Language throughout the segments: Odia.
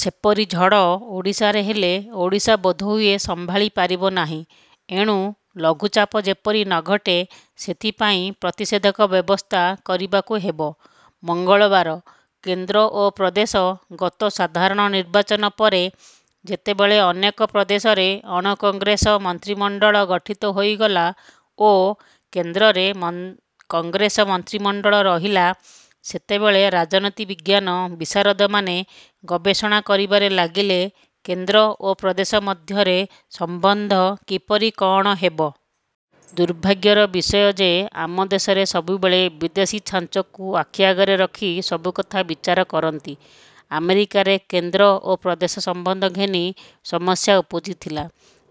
ସେପରି ଝଡ଼ ଓଡ଼ିଶାରେ ହେଲେ ଓଡ଼ିଶା ବୋଧହୁଏ ସମ୍ଭାଳି ପାରିବନାହିଁ। ଏଣୁ ଲଘୁଚାପ ଯେପରି ନ ଘଟେ ସେଥିପାଇଁ ପ୍ରତିଷେଧକ ବ୍ୟବସ୍ଥା କରିବାକୁ ହେବ। ମଙ୍ଗଳବାର କେନ୍ଦ୍ର ଓ ପ୍ରଦେଶ ଗତ ସାଧାରଣ ନିର୍ବାଚନ ପରେ ଯେତେବେଳେ ଅନେକ ପ୍ରଦେଶରେ ଅଣକଂଗ୍ରେସ ମନ୍ତ୍ରିମଣ୍ଡଳ ଗଠିତ ହୋଇଗଲା ଓ କେନ୍ଦ୍ରରେ କଂଗ୍ରେସ ମନ୍ତ୍ରିମଣ୍ଡଳ ରହିଲା, ସେତେବେଳେ ରାଜନୀତି-ବିଜ୍ଞାନ ବିଶାରଦମାନେ ଗବେଷଣା କରିବାରେ ଲାଗିଲେ କେନ୍ଦ୍ର ଓ ପ୍ରଦେଶ ମଧ୍ୟରେ ସମ୍ବନ୍ଧ କିପରି କଅଣ ହେବ। ଦୁର୍ଭାଗ୍ୟର ବିଷୟ ଯେ ଆମ ଦେଶରେ ସବୁବେଳେ ବିଦେଶୀ ଛାଞ୍ଚକୁ ଆଖିଆଗରେ ରଖି ସବୁ କଥା ବିଚାର କରନ୍ତି। ଆମେରିକାରେ କେନ୍ଦ୍ର ଓ ପ୍ରଦେଶ ସମ୍ବନ୍ଧ ଘେନି ସମସ୍ୟା ଉପୁଜିଥିଲା।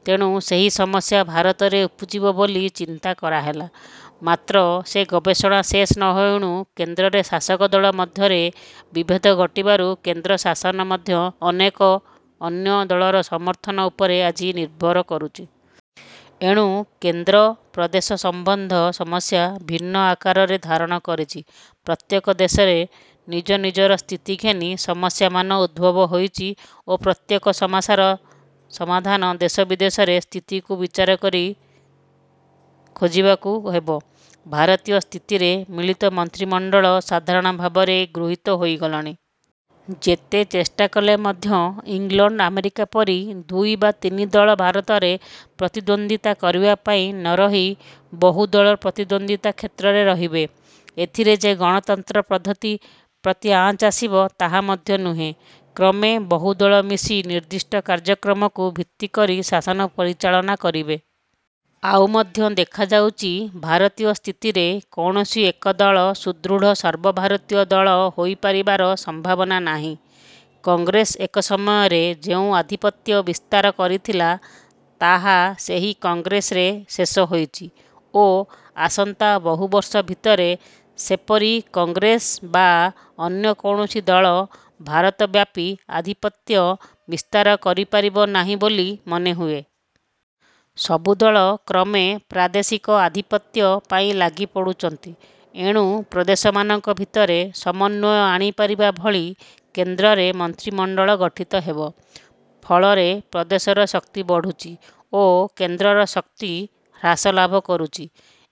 ତେଣୁ ସେହି ସମସ୍ୟା ଭାରତରେ ଉପୁଜିବ ବୋଲି ଚିନ୍ତା କରାହେଲା; ମାତ୍ର ସେ ଗବେଷଣା ଶେଷ ନ ହେଉଣୁ, କେନ୍ଦ୍ରରେ ଶାସକ ଦଳ ମଧ୍ୟରେ ବିଭେଦ ଘଟିବାରୁ କେନ୍ଦ୍ର ଶାସନ ମଧ୍ୟ ଅନ୍ୟ ଅନେକ ଦଳର ସମର୍ଥନ ଉପରେ ଆଜି ନିର୍ଭର କରୁଛି। ଏଣୁ କେନ୍ଦ୍ର-ପ୍ରଦେଶ ସମ୍ବନ୍ଧ ସମସ୍ୟା ଭିନ୍ନ ଆକାରରେ ଧାରଣ କରିଛି। ପ୍ରତ୍ୟେକ ଦେଶରେ ନିଜ ନିଜର ସ୍ଥିତି ଘେନି ସମସ୍ୟାମାନ ଉଦ୍ଭବ ହୋଇଛି ଓ ପ୍ରତ୍ୟେକ ସମସ୍ୟାର ସମାଧାନ ଦେଶ ବିଦେଶର ସ୍ଥିତିକୁ ବିଚାର କରି ଖୋଜିବାକୁ ହେବ। ଭାରତୀୟ ସ୍ଥିତିରେ ମିଳିତ ମନ୍ତ୍ରିମଣ୍ଡଳ ସାଧାରଣ ଭାବରେ ଗୃହୀତ ହୋଇଗଲାଣି। ଯେତେ ଚେଷ୍ଟା କଲେ ମଧ୍ୟ ଇଂଲଣ୍ଡ ଆମେରିକା ପରି ଦୁଇ ବା ତିନି ଦଳ ଭାରତରେ ପ୍ରତିଦ୍ୱନ୍ଦ୍ୱିତା କରିବା ପାଇଁ ନ ରହି ବହୁ ଦଳ ପ୍ରତିଦ୍ୱନ୍ଦ୍ୱିତା କ୍ଷେତ୍ରରେ ରହିବେ। ଏଥିରେ ଯେ ଗଣତନ୍ତ୍ର ପଦ୍ଧତି ପ୍ରତି ଆଞ୍ଚ ଆସିବ, ତାହା ମଧ୍ୟ ନୁହେଁ। କ୍ରମେ ବହୁ ଦଳ ମିଶି ନିର୍ଦ୍ଦିଷ୍ଟ କାର୍ଯ୍ୟକ୍ରମକୁ ଭିତ୍ତିକରି ଶାସନ ପରିଚାଳନା କରିବେ। ଆଉ ମଧ୍ୟ ଦେଖାଯାଉଛି, ଭାରତୀୟ ସ୍ଥିତିରେ କୌଣସି ଏକ ଦଳ ସୁଦୃଢ଼ ସର୍ବଭାରତୀୟ ଦଳ ହୋଇପାରିବାର ସମ୍ଭାବନା ନାହିଁ। କଂଗ୍ରେସ ଏକ ସମୟରେ ଯେଉଁ ଆଧିପତ୍ୟ ବିସ୍ତାର କରିଥିଲା, ତାହା ସେହି କଂଗ୍ରେସରେ ଶେଷ ହୋଇଛି ଓ ଆସନ୍ତା ବହୁବର୍ଷ ଭିତରେ ସେପରି କଂଗ୍ରେସ ବା ଅନ୍ୟ କୌଣସି ଦଳ ଭାରତବ୍ୟାପୀ ଆଧିପତ୍ୟ ବିସ୍ତାର କରିପାରିବ ନାହିଁ ବୋଲି ମନେହୁଏ। ସବୁଦଳ କ୍ରମେ ପ୍ରାଦେଶିକ ଆଧିପତ୍ୟ ପାଇଁ ଲାଗିପଡ଼ୁଛନ୍ତି। ଏଣୁ ପ୍ରଦେଶମାନଙ୍କ ଭିତରେ ସମନ୍ୱୟ ଆଣିପାରିବା ଭଳି କେନ୍ଦ୍ରରେ ମନ୍ତ୍ରିମଣ୍ଡଳ ଗଠିତ ହେବ। ପଳରେ ପ୍ରଦେଶର ଶକ୍ତି ବଢ଼ୁଛି ଓ କେନ୍ଦ୍ରର ଶକ୍ତି ହ୍ରାସ ଲାଭକରୁଛି।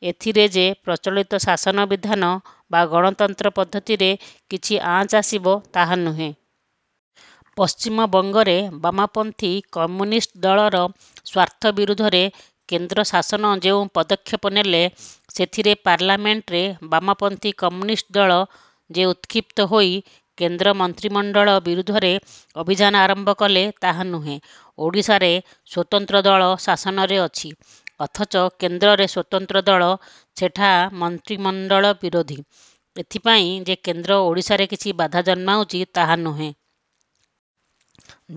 ଏଥିରେ ଯେ ପ୍ରଚଳିତ ଶାସନ ବିଧାନ ବା ଗଣତନ୍ତ୍ର ପଦ୍ଧତିରେ କିଛି ଆଞ୍ଚ ଆସିବ ତାହା ନୁହେଁ। ପଶ୍ଚିମବଙ୍ଗରେ ବାମପନ୍ଥୀ କମ୍ୟୁନିଷ୍ଟ ଦଳର ସ୍ୱାର୍ଥ ବିରୁଦ୍ଧରେ କେନ୍ଦ୍ର ଶାସନ ଯେଉଁ ପଦକ୍ଷେପ ନେଲେ, ସେଥିରେ ପାର୍ଲାମେଣ୍ଟରେ ବାମପନ୍ଥୀ କମ୍ୟୁନିଷ୍ଟ ଦଳ ଯେ ଉତ୍କ୍ଷିପ୍ତ ହୋଇ କେନ୍ଦ୍ର ମନ୍ତ୍ରିମଣ୍ଡଳ ବିରୁଦ୍ଧରେ ଅଭିଯାନ ଆରମ୍ଭ କଲେ, ତାହା ନୁହେଁ। ଓଡ଼ିଶାରେ ସ୍ୱତନ୍ତ୍ର ଦଳ ଶାସନରେ ଅଛି; ଅଥଚ କେନ୍ଦ୍ରରେ ସ୍ୱତନ୍ତ୍ର ଦଳ ସେଠା ମନ୍ତ୍ରିମଣ୍ଡଳ ବିରୋଧୀ, ଏଥିପାଇଁ ଯେ କେନ୍ଦ୍ର ଓଡ଼ିଶାରେ କିଛି ବାଧା ଜନ୍ମାଉଛି ତାହା ନୁହେଁ।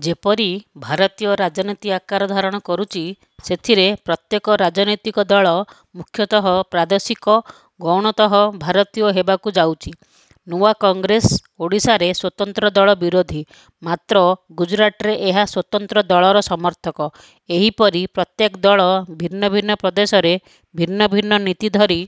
ଯେପରି ଭାରତୀୟ ରାଜନୀତି ଆକାର ଧାରଣ କରୁଛି, ସେଥିରେ ପ୍ରତ୍ୟେକ ରାଜନୈତିକ ଦଳ ମୁଖ୍ୟତଃ ପ୍ରାଦେଶିକ ଓ ଗୌଣତଃ ଭାରତୀୟ ହେବାକୁ ଯାଉଛି। ନୂଆ କଂଗ୍ରେସ ଓଡ଼ିଶାରେ ସ୍ୱତନ୍ତ୍ରଦଳ ବିରୋଧୀ ମାତ୍ର ଗୁଜୁରାଟରେ ଏହା ସ୍ୱତନ୍ତ୍ର ଦଳର ସମର୍ଥକ। ଏହିପରି ପ୍ରତ୍ୟେକ ଦଳ ଭିନ୍ନ ଭିନ୍ନ ପ୍ରଦେଶରେ ଭିନ୍ନ ଭିନ୍ନ ନୀତି ଧରି